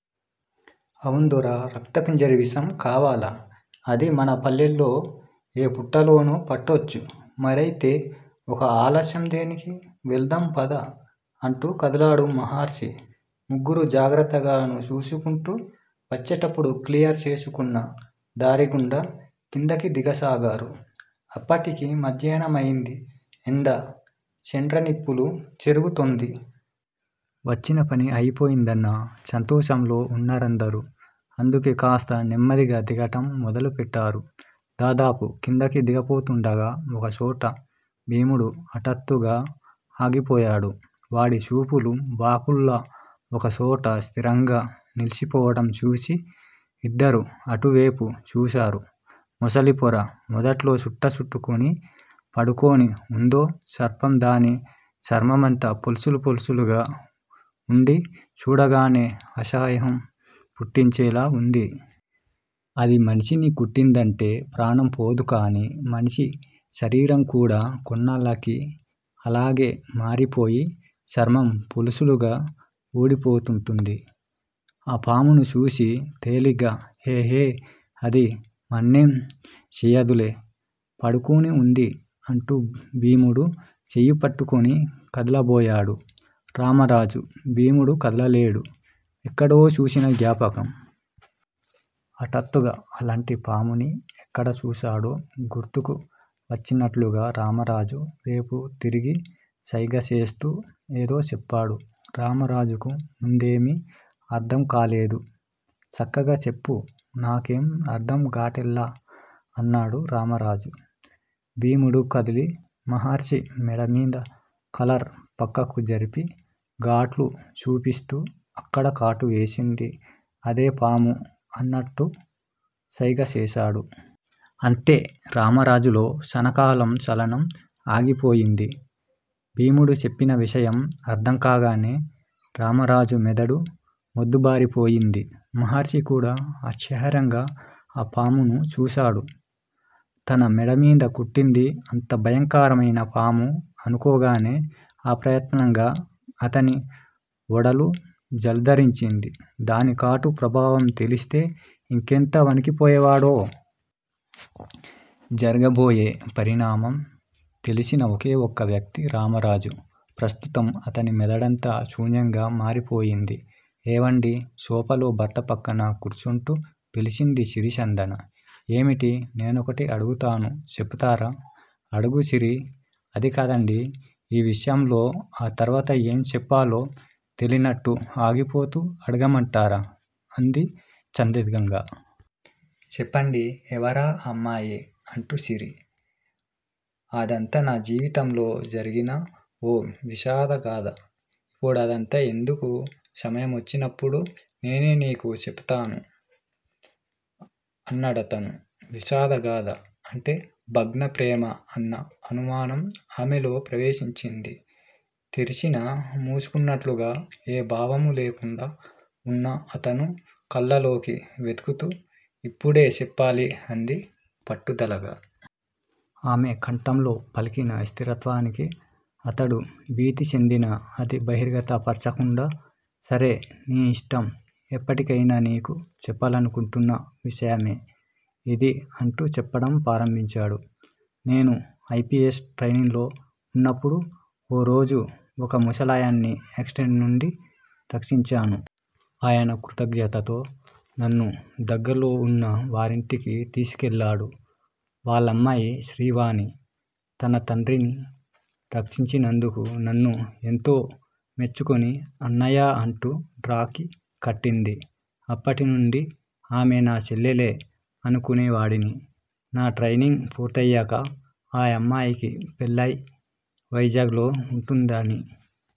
అవున్దొరా. రక్తపింజేరి విషం కావాల. అది మన పల్లెలో ఏ పుట్టలోనో పట్టొచ్చు. మరయితే ఒక ఆలస్యం దేనికి? వెళదాం పద! అంటూ కదిలాడు మహర్షి. ముగ్గురూ జాగ్రత్తగా చూసుకుంటూ వచ్చేటప్పుడు క్లియర్ చేసుకున్న దారిగుండా కిందికి దిగసాగారు. అప్పటికి మధ్యాహ్నమైంది. ఎండ చెండ్రనిప్పులు చెరుగుతోంది. వచ్చినపని అయిపోయిందన్న సంతోషంలో ఉన్నారందరూ. అందుకే కాస్త నెమ్మదిగా దిగటం మొదలు పెట్టారు. దాదాపు క్రిందికి దిగబోతుండగా ఒకచోట భీముడు హఠాత్తుగా ఆగిపోయాడు. వాడి చూపులు బాకుల్లా ఒకచోట స్థిరంగా నిల్చిపోవటం చూసి ఇద్దరూ అటువేపు చూసారు. మొగలిపొర మొదట్లో చుట్ట చుట్టుకుని పడుకుని వుందో సర్పం దాని చర్మమంతా పొలుసులు పొలుసులుగా వుండి చూడగానే అసహ్యం పుట్టించేలా వుంది. అది మనిషిని కుట్టిందంటే ప్రాణం పోదుగానీ మనిషి శరీరం కూడా కొన్నాళ్ళకి అలాగే మారిపోయి చర్మం పొలుసులుగా ఊడిపోతూంటుంది. ఆ పామును చూసి తేలిగ్గా ఎహే! అది మన్నేం సేయదులే. పడుకుని వుంది అంటూ భీముడి చెయ్యి పట్టుకుని కదలబోయాడు రామరాజు. భీముడు కదలలేదు. ఎక్కడో చూసిన జ్ఞాపకం. హఠాత్తుగా అలాంటి పాముని ఎక్కడ చూశాడో గుర్తుకు వచ్చినట్లుగా రామరాజు వేపు తిరిగి సైగచేస్తూ ఏదో చెప్పాడు. రామరాజుకు ముందేమీ అర్థంకాలేదు. సక్కగా సెప్పు. నాకేం అర్థంగాటల్లా అన్నాడు రామరాజు. భీముడు కదిలి మహర్షి మెడమీద కాలర్ పక్కకు జరిపి గాట్లు చూపిస్తూ అక్కడ కాటు వేసింది అదే పాము అన్నట్టు సైగ చేశాడు. అంతే! రామరాజులో క్షణకాలం చలనం ఆగిపోయింది. భీముడు చెప్పిన విషయం అర్థంకాగానే రామరాజు మెదడు మొద్దుబారిపోయింది. మహర్షి కూడా ఆశ్చర్యంగా ఆ పామును చూసాడు. తన మెడమీద కుట్టింది అంత భయంకరమైన పాము అనుకోగానే ఆప్రయత్నంగా అతని ఒడలు జలదరించింది. దాని కాటు ప్రభావం తెలిస్తే ఇంకెంత వణికిపోయేవాడో?! జరగబోయే పరిణామం తెలిసిన ఒకే ఒక వ్యక్తి రామరాజు. ప్రస్తుతం అతని మెదడంతా శూన్యంగా మారిపోయింది. ఏమండీ! సోఫాలో భర్త ప్రక్కన కూర్చుంటూ పిలిచింది సిరిచందన. ఏమిటీ! నేనొకటి అడుగుతాను చెబుతారా? అడుగు సిరీ అదికాదండీ ఈ విషయంలో ఆ తర్వాత ఏం చెప్పాలో తెలీనట్టు ఆగిపోతూ అడగమంటారా అంది సందిగ్ధంగా. చెప్పండి. ఎవరా అమ్మాయి అంటూ. సిరి! అదంతా నా జీవితంలో జరిగిన ఓ విషాదగాథ. ఇప్పుడదంతా ఎందుకు? సమయమొచ్చినప్పుడు నేనే నీకు చెబుతాను అన్నాడతను. విషాదగాథ అంటే భగ్న ప్రేమ అన్న అనుమానం ఆమెలో ప్రవేశించింది. తెరిచినా మూసుకున్నట్లుగా ఏ భావమూ లేకుండా ఉన్న అతని కళ్ళల్లోకి వెదుకుతూ ఇప్పుడే చెప్పాలి అంది పట్టుదలగా. ఆమె కంఠంలో పలికిన స్థిరత్వానికి అతడు భీతిచెందినా అది బహిర్గత పరచకుండా సరే నీ ఇష్టం. ఎప్పటికయినా నీకు చెప్పాలనుకుంటున్న విషయమే ఇది అంటూ చెప్పటం ప్రారంభించాడు. నేను ఐ పి ఎస్ ట్రైనింగ్ లో ఉన్నప్పుడు ఓ రోజు ఒక ముసలాయన్ని యాక్సిడెంట్ నుండి రక్షించాను. ఆయన కృతజ్ఞతతో నన్ను దగ్గర్లోనే వున్న వారింటికి తీసుకువెళ్ళాడు. వాళ్ళమ్మాయి శ్రీవాణి తన తండ్రిని రక్షించినందుకు నన్ను ఎంతో మెచ్చుకుని అన్నయ్యా అంటూ రాఖీ కట్టింది. అప్పటినుండి ఆమె నా చెల్లెలే అనుకునేవాడిని. నా ట్రైనింగ్ పూర్తయ్యాక ఆ అమ్మాయికి పెళ్ళై వైజాగ్ లో ఉంటుందని